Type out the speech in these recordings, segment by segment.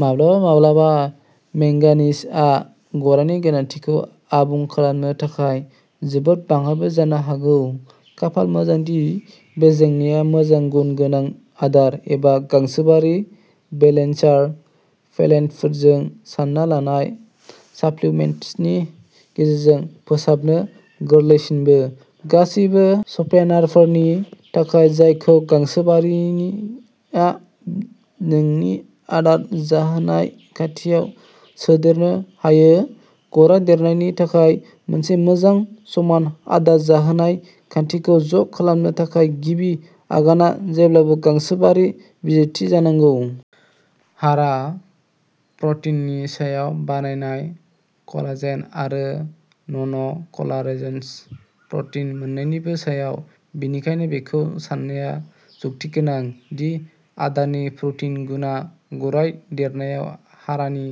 माब्लाबा-माब्लाबा मेंगानिजआ गरायनि गोनांथिखौ आबुं खालामनो थाखाय जोबोद बाङाइबो जानो हागौ। खाफाल मोजां दि बे जेंनाया मोजां गुन गोनां आदार एबा गांसोबारि बेलेन्सार पेलेटफोरजों सानना लानाय साप्लिमेन्टेसननि गेजेरजों फोसाबनो गोरलैसिनबो। गासिबो स्प्यानारफोरनि थाखाय, जायखौ गांसोबारिआ नोंनि आदार जाहोनाय खान्थियाव सोदेरनो हायो, गराय देरनायनि थाखाय मोनसे मोजां समान आदार जाहोनाय खान्थिखौ ज'खालामनो थाखाय गिबि आगानआ जेब्लाबो गांसोबारि बिजिरथि जानांगौ। हारा प्रटिननि सायाव बानायनाय, कलाजेन आरो नन-कलाजेनस प्रटिन मोन्नैनिबो सायाव, बेनिखायनो बेखौ सान्नाया जुक्तिगोनां दि आदारनि प्रटिन गुनआ गराय देरनायाव हारानि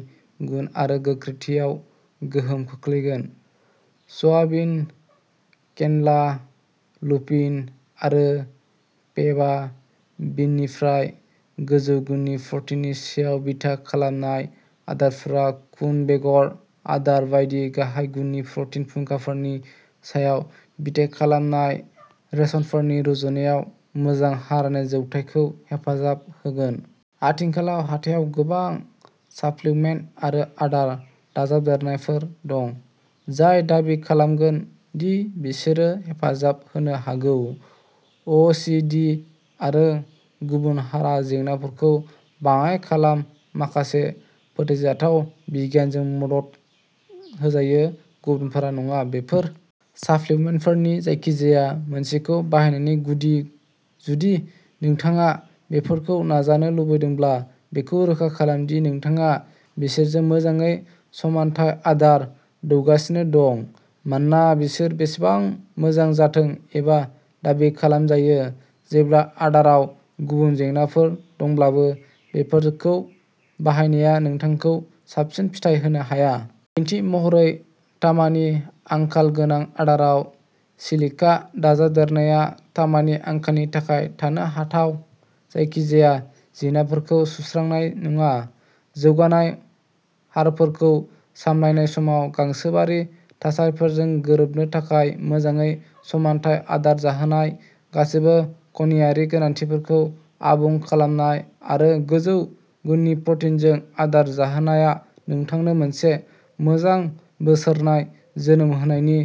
गुन आरो गोख्रोंथियाव गोहोम खोख्लैगोन। सयाबिन, केन'ला, लुपिन आरो फेबा बिननिफ्राय गोजौ गुननि प्रटिननि सायाव बिथा खालामनाय आदारफोरा खुन बेगर आदार बायदि गाहाय गुननि प्रटिन फुंखाफोरनि सायाव बिथा खालामनाय रेशनफोरनि रुजुनायाव मोजां हारानि जौगानायखौ हेफाजाब होगोन। आथिखालाव हाथायाव गोबां साप्लिमेन्ट आरो आदार दाजाबदेरनायफोर दं, जाय दाबि खालामगोन दि बिसोरो हेफाजाब होनो हागौ। अ सि डि आरो गुबुन हारा जेंनाफोरखौ बाङाय खालाम माखासे फोथायजाथाव बिगियानजों मदद होजायो, गुबुनफोरा नङा। बेफोर साप्लिमेन्टफोरनि जायखिजाया मोनसेखौ बाहायनायनि गुदि, जुदि नोंथाङा बेफोरखौ नाजानो लुबैदोंब्ला, बेखौ रोखा खालाम दि नोंथाङा बिसोरखौ मोजाङै समानथाय आदार दौगासिनो दं, मानोना बिसोर बेसेबां मोजां जाथों एबा दाबि खालामजायो, जेब्ला आदाराव गुबुन जेंनाफोर दंब्लाबो बेफोरखौ बाहायनाया नोंथांखौ साबसिन फिथाय होनो हाया। बिदिन्थि महरै, तामानि आंखाल गोनां आदाराव सिलिका दाजाबदेरनाया तामानि आंखालनि थाखाय थानो हाथाव जायखिजाया जेंनाफोरखौ सुस्रांनाय नङा। जौगानाय हारफोरखौ सामलायनाय समाव, गांसोबारि थासारिफोरजों गोरोबनो थाखाय मोजाङै समानथाय आदार जाहोनाय, गासैबो खनियारि गोनांथिफोरखौ आबुं खालामनाय आरो गोजौ गुननि प्रटिनजों आदार जाहोनायआ नोंथांनो मोनसे मोजां बोसोरनाय जोनोम होनायनि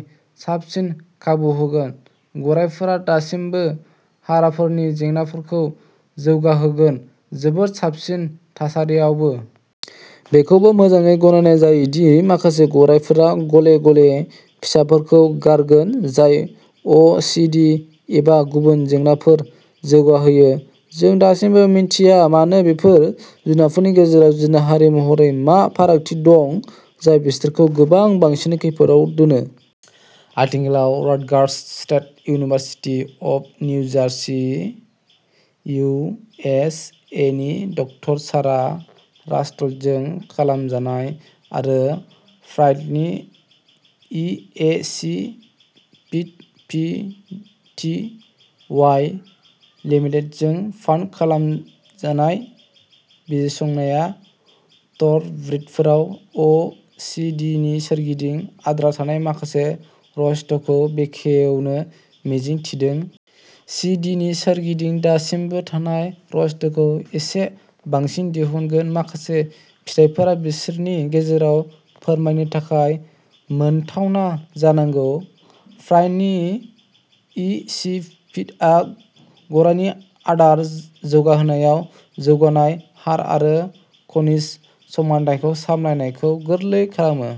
साबसिन खाबु होगोन, गरायफोरा दासिमबो हाराफोरनि जेंनाफोरखौ जौगाहोगोन, जोबोद साबसिन थासारियावबो। बेखौबो मोजाङै गनायनाय जायो दि माखासे गरायफोरा गले-गले फिसाफोरखौ गारगोन जाय अ सि डि एबा गुबुन जेंनाफोर जौगाहोयो। जों दासिमबो मिन्थिया मानो, बेफोर जुनारफोरनि गेजेराव जिनारि महरै मा फारागथि दं जाय बिसोरखौ गोबां बांसिन खैफोदआव दोनो? आथिखालाव Rutgers, State University of New Jersey U S A नि डकटर सारा राल्स्टनजों खालाम जानाय आरो प्राइडनि E A C feed P T Y लिमिटेडजों फान्ड खालामजानाय बिजिरसंनाया थ'र'ब्रिदफोराव अ सि डि नि सोरगिदिं आद्रा थानाय माखासे रहस्यखौ बेखेवनो मिजिं थिदों। सि डि नि सोरगिदिं दासिमबो थानाय रहस्यखौ एसे बांसिन दिहुनगोन। माखासे फिथायफोरा बोसोरनि गेजेराव फोरमायनो थाखाय मोनथावना जानांगौ। प्राइडनि इ सि फिडआ गरायनि आदार जौगाहोनायाव जौगानाय हार आरो खनिज समानथायखौ सामलायनायखौ गोरलै खालामो।